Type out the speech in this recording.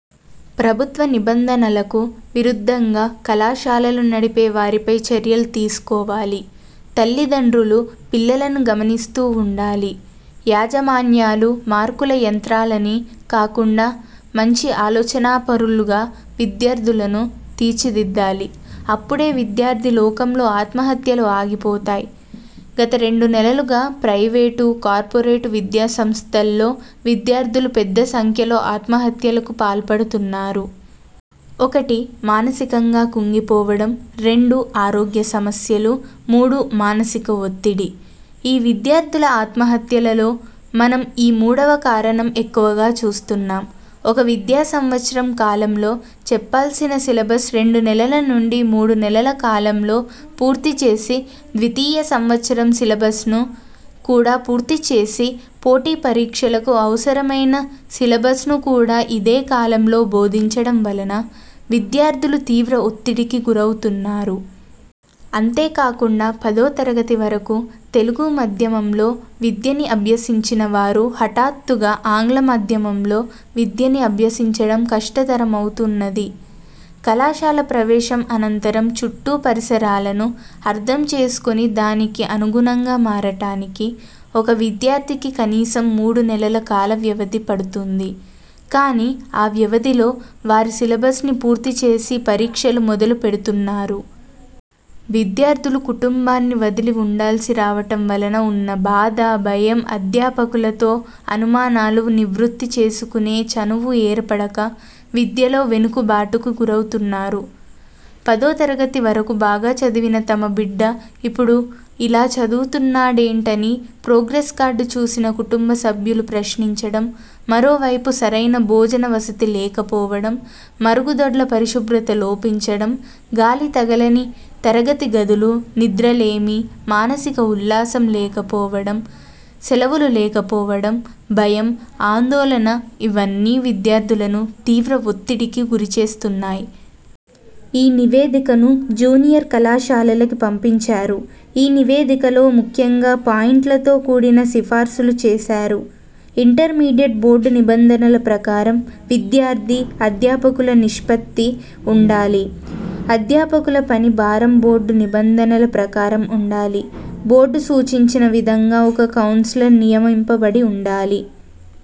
ప్రభుత్వ నిబంధనలకు విరుద్ధంగా కళాశాలలు నడిపే వారిపై చర్యలు తీసుకోవాలి. తల్లిదండ్రులు పిల్లలను గమనిస్తూ ఉండాలి. యాజమాన్యాలు మార్కుల యంత్రాలని కాకుండా మంచి ఆలోచనాపరులుగా విద్యార్థులను తీర్చిదిద్దాలి. అప్పుడే విద్యార్థి లోకంలో ఆత్మహత్యలు ఆగిపోతాయి. గత రెండు నెలలుగా ప్రయివేటు, కార్పొరేట్ విద్యాసంస్థల్లో విద్యార్థులు పెద్దసంఖ్యలో ఆత్మహత్యలకు పాల్పడుతున్నారు. ఒకటి మానసికంగా కుంగిపోవడం, రెండు ఆరోగ్యసమస్యలు, మూడు మానసిక ఒత్తిడి. ఈ విద్యార్థుల ఆత్మహత్యలలో మనం ఈ మూడవ కారణం ఎక్కువగా చూస్తున్నాం. ఒక విద్యా సంవత్సరం కాలంలో చెప్పాల్సిన సిలబస్ రెండు నెలల నుండి మూడు నెలల కాలంలో పూర్తిచేసి ద్వితీయ సంవత్సరం సిలబస్ను కూడా పూర్తిచేసి పోటీ పరీక్షలకు అవసరమైన సిలబస్ను కూడా ఇదే కాలంలో భోదించడం వలన విద్యార్థులు తీవ్ర ఒత్తిడికి గురవుతున్నారు. అంతేకాకుండా పదోతరగతి వరకు తెలుగు మాధ్యమంలో విద్యని అభ్యసించిన వారు హఠాత్తుగా ఆంగ్ల మాధ్యమంలో విద్యని అభ్యసించడం కష్టతరమవుతున్నది. కళాశాల ప్రవేశం అనంతరం చుట్టూ పరిసరాలను అర్థం చేసుకొని దానికి అనుగుణంగా మారటానికి ఒక విద్యార్థికి కనీసం మూడు నెలల కాలవ్యవధి పడుతుంది. కానీ ఆ వ్యవధిలో వారి సిలబస్ని పూర్తిచేసి పరీక్షలు మొదలు పెడుతున్నారు. విద్యార్థులు కుటుంబాన్ని వదిలి ఉండాల్సి రావటం వలన ఉన్న బాధ, భయం, అధ్యాపకులతో అనుమానాలు నివృత్తి చేసుకొనే చనువు ఏర్పడక విద్యలో వెనుకుబాటుకు గురవుతున్నారు. పదోతరగతి వరకు బాగా చదివిన తమ బిడ్డ ఇపుడు ఇలా చదువుతున్నాడేంటని ప్రోగ్రెస్ కార్డు చూసిన కుటుంబ సభ్యులు ప్రశ్నించడం, మరోవైపు సరైన భోజన వసతి లేకపోవడం, మరుగుదొడ్ల పరిశుభ్రత లోపించడం, గాలి తగలని తరగతి గదులు, నిద్రలేమి, మానసిక ఉల్లాసం లేకపోవడం, సెలవులు లేకపోవడం, భయం, ఆందోళన ఇవన్నీ విద్యార్థులను తీవ్ర ఒత్తిడికి గురి చేస్తున్నాయి. ఈ నివేదికను జూనియర్ కళాశాలలకి పంపించారు. ఈ నివేదికలో ముఖ్యంగా పాయింట్లతో కూడిన సిఫార్సులు చేసారు. ఇంటర్ మీడియట్ బోర్డు నిబంధనల ప్రకారం విద్యార్థి, అధ్యాపకుల నిష్పత్తి ఉండాలి. అధ్యాపకుల పని భారం బోర్డు నిబంధనల ప్రకారం ఉండాలి. బోర్డు సూచించిన విధంగా ఒక కౌన్సిలర్ నియమింపబడి ఉండాలి.